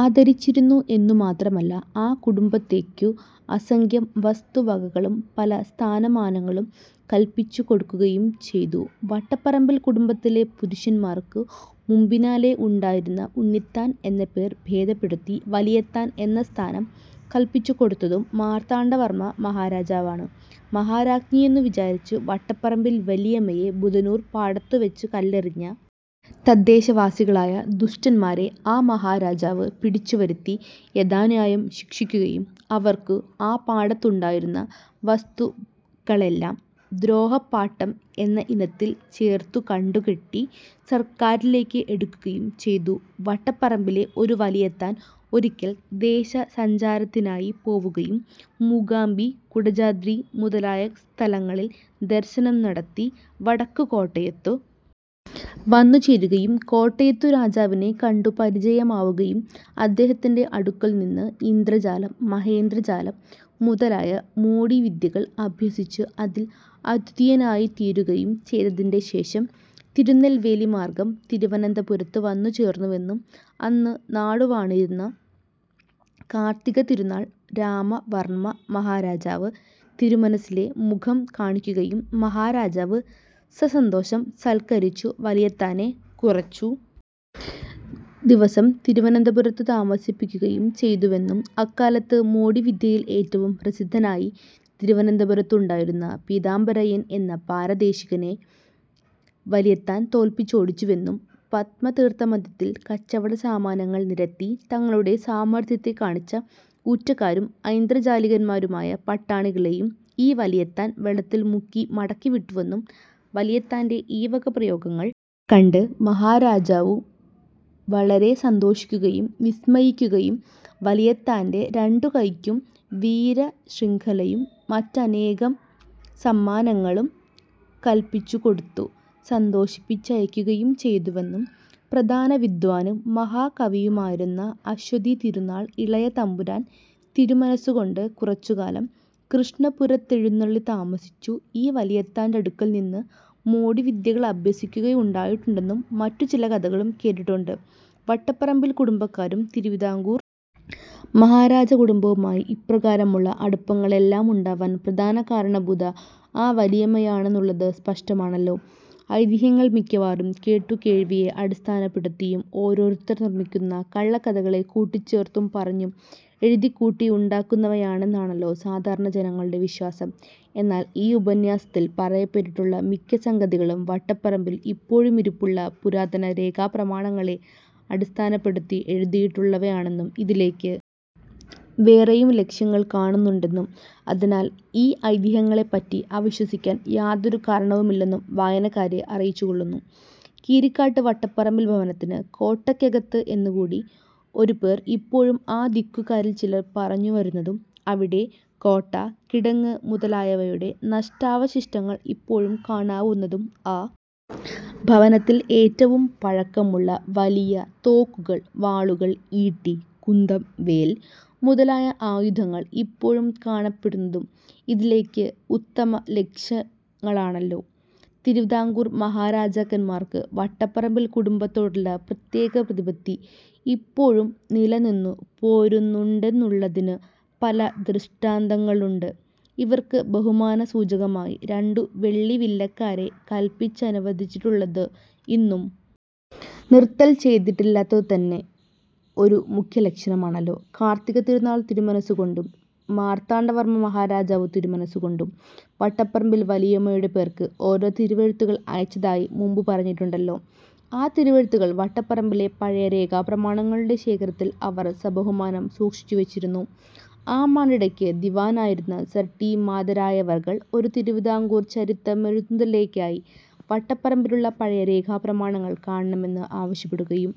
ആദരിച്ചിരുന്നു എന്നു മാത്രമല്ല ആ കുടുംബത്തേക്കു അസംഖ്യം വസ്തുവകകളും പല സ്ഥാനമാനങ്ങളും കൽപ്പിച്ചു കൊടുക്കുകയും ചെയ്തു വട്ടപ്പറമ്പിൽ കുടുംബത്തിലെ പുരുഷന്മാർക്കു മുമ്പിനാലെ ഉണ്ടായിരുന്ന ഉണ്ണിത്താൻ എന്ന പേർ ഭേദപ്പെടുത്തി വലിയത്താൻ എന്ന സ്ഥാനം കൽപ്പിച്ചുകൊടുത്തതും മാർത്താണ്ഡവർമ്മ മഹാരാജാവാണു മഹാരാജ്ഞിയെന്നു വിചാരിച്ചു വട്ടപ്പറമ്പിൽ വലിയമ്മയെ ബുധനൂർ പാടത്തുവച്ചുകല്ലെറിഞ്ഞ തദ്ദേശവാസികളായ ദുഷ്ടന്മാരെ ആ മഹാരാജാവു് പിടിച്ചുവരുത്തി യഥാന്യായം ശിക്ഷിക്കുകയും അവർക്കു ആ പാടത്തുണ്ടായിരുന്ന വസ്തുക്കളെല്ലാം ദ്രോഹപാട്ടം എന്ന ഇനത്തിൽ ചേർത്തു കണ്ടുകെട്ടി സർക്കാരിലേക്കു് എടുക്കുകയും ചെയ്തു വട്ടപ്പറമ്പിലെ ഒരു വലിയത്താൻ ഒരിക്കൽ ദേശസഞ്ചാരത്തിനായി പോവുകയും മൂകാംബി കുടജാദ്രി മുതലായ സ്ഥലങ്ങളിൽ ദർശനം നടത്തി വടക്കു കോട്ടയത്തു വന്നുചേരുകയും കോട്ടയത്തു രാജാവിനെ കണ്ടു പരിചയമാവുകയും അദ്ദേഹത്തിന്റെ അടുക്കൽ നിന്നു ഇന്ദ്രജാലം മഹേന്ദ്രജാലം മുതലായ മോടിവിദ്യകൾ അഭ്യസിച്ചു അതിൽ അദ്വിതീയനായിത്തീരുകയും ചെയ്തതിന്റെ ശേഷം തിരുനെൽവേലി മാർഗ്ഗം തിരുവനന്തപുരത്തു വന്നുചേർന്നുവെന്നും അന്നു നാടുവാണിരുന്ന കാർത്തികതിരുനാൾ രാമവർമ്മമഹാരാജാവു തിരുമനസ്സിലെ മുഖം കാണിക്കുകയും മഹാരാജാവു സസന്തോഷം സൽക്കരിച്ചു വലിയത്താനെ കുറച്ചു ദിവസം തിരുവനന്തപുരത്തു താമസിപ്പിക്കുകയും ചെയ്തുവെന്നും അക്കാലത്തു മോടിവിദ്യയിൽ ഏറ്റവും പ്രസിദ്ധനായി തിരുവനന്തപുരത്തുണ്ടായിരുന്ന പീതാംബരയ്യൻ എന്ന പാരദേശികനെ വലിയത്താൻ തോൽപ്പിച്ചോടിച്ചുവെന്നും പത്മതീർത്ഥ മദ്ധ്യത്തിൽ കച്ചവടസാമാനങ്ങൾ നിരത്തി തങ്ങളുടെ സാമർത്ഥ്യത്തെ കാണിച്ച ഊറ്റക്കാരും ഐന്ദ്രജാലികന്മാരുമായ പട്ടാണികളെയും ഈ വലിയത്താൻ വെള്ളത്തിൽ മുക്കി മടക്കിവിട്ടുവെന്നും വലിയത്താന്റെ ഈ വക പ്രയോഗങ്ങൾ കണ്ടു മഹാരാജാവു വലരെ സന്തോഷിക്കുകയും വിസ്മയിക്കുകയും വലിയത്താന്റെ രണ്ടു കൈയ്ക്കും വീരശ്രംഖലയും മറ്റനേകം സമ്മാനങ്ങളും കൽപ്പിച്ചു കൊടുത്തു സന്തോഷിപ്പിച്ചയക്കുകയും ചെയ്തുവെന്നും പ്രസിദ്ധവിദ്വാനും മഹാകവിയുമായിരുന്ന അശ്വതിതിരുനാൾ ഇളയതമ്പുരാൻ തിരുമനസ്സുകൊണ്ടു കുറച്ചുകാലം കൃഷ്ണപുരത്തെഴുന്നള്ളി താമസിച്ചു ഈ വലിയത്താന്റടുക്കൽനിന്നു മോടിവിദ്യകളഭ്യസിക്കയുണ്ടായിട്ടുണ്ടെന്നും മറ്റും ചില കഥകളും കേട്ടിട്ടുണ്ടു വട്ടപ്പറമ്പിൽ കുടുംബക്കാരും തിരുവതാംകൂർ മഹാരാജകുടുംബവുമായി ഇപ്രകാരമുള്ള അടുപ്പങ്ങളെല്ലാമുണ്ടാവാൻ പ്രധാന കാരണഭൂത ആ വലിയമ്മയാണന്നുള്ളതു സ്പഷ്ടമാണല്ലോ ഐതിഹ്യങ്ങൾ മിക്കവാറും കേട്ടുകേൾവിയെ അടിസ്ഥാനപ്പെടുത്തിയും ഓരോരുത്തർ നിർമിക്കുന്ന കള്ളക്കഥകളെ കൂട്ടിച്ചേർത്തും പറഞ്ഞും എഴുതിക്കൂട്ടിയുണ്ടാക്കുന്നവയാണന്നാണല്ലോ സാധാരണ ജനങ്ങളുടെ വിശ്വാസം എന്നാൽ ഈ ഉപന്യാസത്തിൽ പറയപ്പെട്ടിട്ടുള്ള മിക്ക സംഗതികളും വട്ടപ്പറമ്പിൽ ഇപ്പോഴുമിരിപ്പുള്ള പുരാതനരേഖാപ്രമാണങ്ങളെ അടിസ്ഥാനപ്പെടുത്തി എഴുതിയിട്ടുള്ളവയാണന്നും ഇതിലേക്കു വേറേയും ലക്ഷ്യങ്ങൾ കാണുന്നുണ്ടെന്നും അതിനാൽ ഈ ഐതിഹ്യങ്ങളെപ്പറ്റി അവിശ്വസിക്കാൻ യാതൊരു കാരണവുമില്ലന്നും വായനക്കാരെ അറിയിച്ചുകൊള്ളുന്നു കീരിക്കാട്ടു വട്ടപ്പറമ്പിൽ ഭവനത്തിനു കോട്ടയ്ക്കകത്തു എന്നു കൂടി ഒരു പേർ ഇപ്പോഴും ആ ദിക്കുകാരിൽ ചിലർ പറഞ്ഞു വരുന്നതും അവിടെ കോട്ട കിടങ്ങു് മുതലായവയുടെ നഷ്ടാവശിഷ്ടങ്ങൾ ഇപ്പോഴും കാണാവുന്നതും ആ ഭവനത്തിൽ ഏറ്റവും പഴക്കമുള്ള വലിയ തോക്കുകൾ വാളുകൾ ഈട്ടി കുന്തം വേൽ മുതലായ ആയുധങ്ങൾ ഇപ്പോഴും കാണപ്പെടുന്നതും ഇതിലേക്കു ഉത്തമ ലക്ഷ്യങ്ങളാണല്ലോ തിരുവതാംകൂർ മഹാരാജാക്കന്മാർക്കു വട്ടപ്പറമ്പിൽ കുടുംബത്തോടുള്ള പ്രത്യേകപ്രതിപത്തി ഇപ്പോഴും നിലനിന്നു പോരുന്നു ണ്ടെന്നുള്ളതിനു പല ദൃഷ്ടാന്തങ്ങളുണ്ടു ഇവർക്കു ബഹുമാനസൂചകമായി രണ്ടു വെള്ളിവില്ലക്കാരെ കൽപ്പിച്ചനുവദിച്ചിട്ടുള്ളതു ഇന്നും നിറുത്തൽ ചെയ്തിട്ടില്ലാത്തതുതന്നെ ഒരു മുഖ്യലക്ഷണമാണല്ലോ കാർത്തിക തിരുനാൾതിരുമനസ്സുകൊണ്ടും മാർത്താണ്ഡവർമ്മ മഹാരാജാവു തിരുമനസ്സുകൊണ്ടും വട്ടപ്പറമ്പിൽ വലിയമ്മയുടെ പേർക്കു ഓരോ തിരുവെഴുത്തുകൾ അയച്ചതായി മുമ്പു പറഞ്ഞിട്ടുണ്ടല്ലോ ആ തിരുവെഴുത്തുകൾ വട്ടപ്പറമ്പിലെ പഴയ രേഖാപ്രമാണങ്ങളുടെ ശേഖരത്തിൽ അവർ സബഹുമാനം സൂക്ഷിച്ചു വച്ചിരുന്നു ആമാണ്ടിടയ്ക്കു ദിവാനായിരുന്ന സർ ടി മാധരായരവർകൾ ഒരു തിരുവതാംകൂർ ചരിത്രമെഴുതുന്നതിലേക്കായി വട്ടപ്പറമ്പിലുള്ള പഴയ രേഖാപ്രമാണങ്ങൾ കാണണമെന്നു ആവശ്യപ്പെടുകയും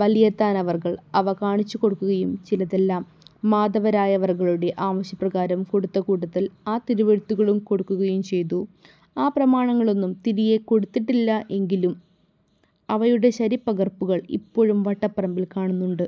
വലിയത്താനവർകൾ അവ കാണിച്ചു കൊടുക്കുകയും ചിലതെല്ലാം മാധവരായരവർകളുടെ ആവശ്യപ്രകാരം കൊടുത്തകൂട്ടത്തിൽ ആ തിരുവെഴുത്തുകളും കൊടുക്കുകയും ചെയ്തു ആ പ്രമാണങ്ങളൊന്നും തിരിയെ കൊടുത്തിട്ടില്ല എങ്കിലും അവയുടെ ശരിപ്പകർപ്പുകൾ ഇപ്പോഴും വട്ടപ്പറമ്പിൽ കാണുന്നുണ്ടു്.